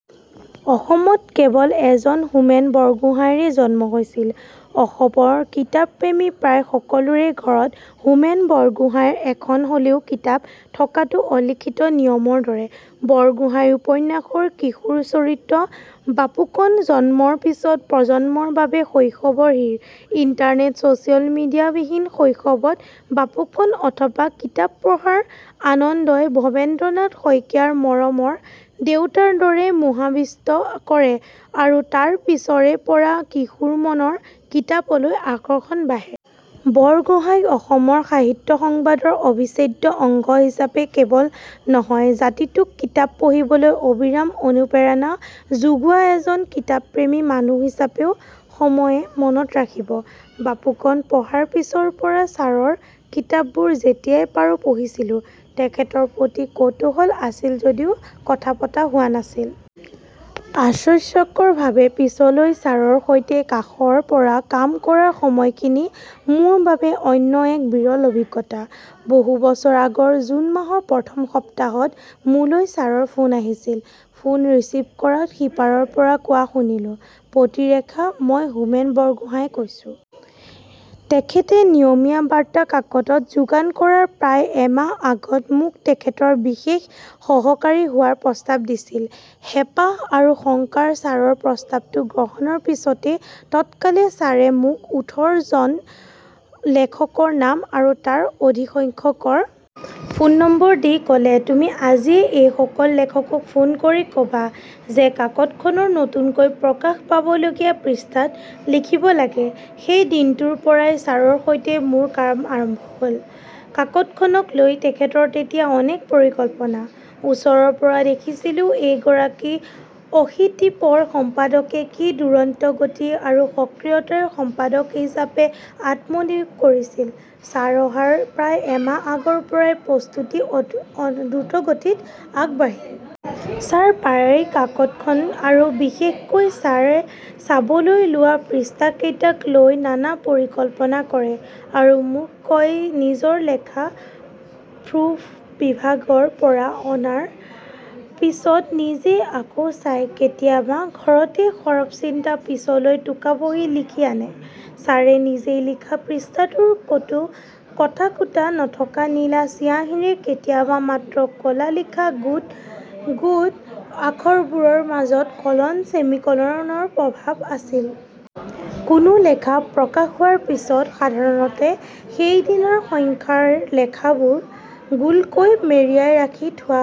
অসমত কেৱল এজন হোমেন বৰগোহাঞিৰে জন্ম হৈছিল৷ অসমৰ কিতাপপ্ৰেমী প্ৰায় সকলোৰে ঘৰত হোমেন বৰগোহাঞিৰ এখন হলেও কিতাপ থকাটো অলিখিত নিয়মৰ দৰে৷ বৰগোহাঞিৰ উপন্যাসৰ কিশোৰ চৰিত্ৰ বাপুকণ প্ৰজন্মৰ পিছত প্ৰজন্মৰ বাবে শৈশৱৰ হিৰ'৷ ইন্টাৰনেট, ছচিয়েল মিডিয়াবিহীন শৈশৱত বাপুকণ অথবা কিতাপ পঢ়াৰ আনন্দই ভবেন্দ্ৰনাথ শইকীয়াৰ মৰমৰ দেউতাৰ দৰেই মোহাবিষ্ট কৰে আৰু তাৰ পিছৰে পৰা কিশোৰ মনৰ কিতাপলৈ আকৰ্ষণ বাঢ়ে। বৰগোহাঞিক অসমৰ সাহিত্যসংবাদৰ অবিচ্ছেদ্য অংগ হিচাপে কেৱল নহয়, জাতিটোক কিতাপ পঢ়িবলৈ অবিৰাম অনুপ্ৰেৰণা যোগোৱা এজন কিতাপপ্ৰেমী মানুহ হিচাপেও সময়ে মনত ৰাখিব। বাপুকণ পঢ়াৰ পিছৰ পৰা ছাৰৰ কিতাপবোৰ যেতিয়াই পাৰো পঢ়িছিলোঁ। তেখেতৰ প্ৰতি কৌতূহল আছিল যদিও কথা পতা হোৱা নাছিল। আশ্বৰ্যকৰভাবে পিছলৈ ছাৰৰ সৈতে কাষৰ পৰা কাম কৰাৰ সময়খিনি মোৰ বাবে অন্য এক বিৰল অভিজ্ঞতা৷ বহু বছৰ আগৰ‌ জুন মাহৰ প্ৰথম সপ্তাহত মোলৈ ছাৰৰ ফোন আহিছিল। ফোন ৰিচিভ কৰাত সিপাৰৰ পৰা কোৱা শুনিলোঁ, প্ৰীতিৰেখা মই হোমেন বৰগোহাঁঞিয়ে কৈছোঁ। তেখেতে নিয়মীয়া বাৰ্তা কাকতত যোগদান কৰাৰ প্ৰায় এমাহ আগত মোক তেখেতৰ বিশেষ সহকাৰী হোৱাৰ প্ৰস্তাৱ দিছিল। হেঁপাহ আৰু শংকাৰে ছাৰৰ প্ৰস্তাৱটো গ্ৰহণৰ পিছতে তৎকালে ছাৰে মোক ওঠৰ জন লেখকৰ নাম আৰু তাৰ অধিকসংখ্যকৰ ফোন নম্বৰ দি ক'লে তুমি আজিয়ে এইসকল লেখকক ফোন কৰি ক'বা যে কাকতখনৰ নতুনকৈ প্ৰকাশ পাবলগীয়া পৃষ্ঠাত লিখিব লাগে৷ সেই দিনটোৰ পৰাই ছাৰৰ সৈতে মোৰ কাম আৰম্ভ হ'ল৷ কাকতখনক লৈ তেখেতৰ তেতিয়া অনেক পৰিকল্পনা৷ ওচৰৰ পৰা দেখিছিলোঁ এগৰাকী অশীতিপৰ সম্পাদকে কি দূৰন্ত গতি আৰু সক্ৰিয়তাৰে সম্পাদক হিচাপে আত্মনিয়োগ কৰিছিল৷ ছাৰ অহাৰ প্ৰায় এমাহ আগৰ পৰা প্ৰস্তুতি দ্ৰুতগতিত আগবাঢ়িল। ছাৰে প্ৰায়ে কাকতখন আৰু বিশেষকৈ ছাৰে চাবলৈ লোৱা পৃষ্ঠাকেইটাক লৈ নানা পৰিকল্পনা কৰে আৰু মোক কয় নিজৰ লেখা প্ৰুফ বিভাগৰ পৰা অনাৰ পিছত নিজে আকৌ চায়৷ কেতিয়াবা ঘৰতে সৰৱ চিন্তা পিছলৈ টোকাবহী লিখি আনে৷ ছাৰে নিজে লিখা পৃষ্ঠাটোৰ ক'তো কটাকূটা নথকা নীলা চিঞাহীৰে কেতিয়াবা মাত্ৰ ক'লা লিখা গোট গোট আখৰবোৰৰ মাজত কলন, চেমিকলনৰ প্ৰভাৱ আছিল। কোনো লেখা প্ৰকাশ হোৱাৰ পিছত সাধাৰণতে সেইদিনাৰ সংখ্যাৰ লেখাবোৰ গোলকৈ মেৰিয়াই ৰাখি থোৱা হয়।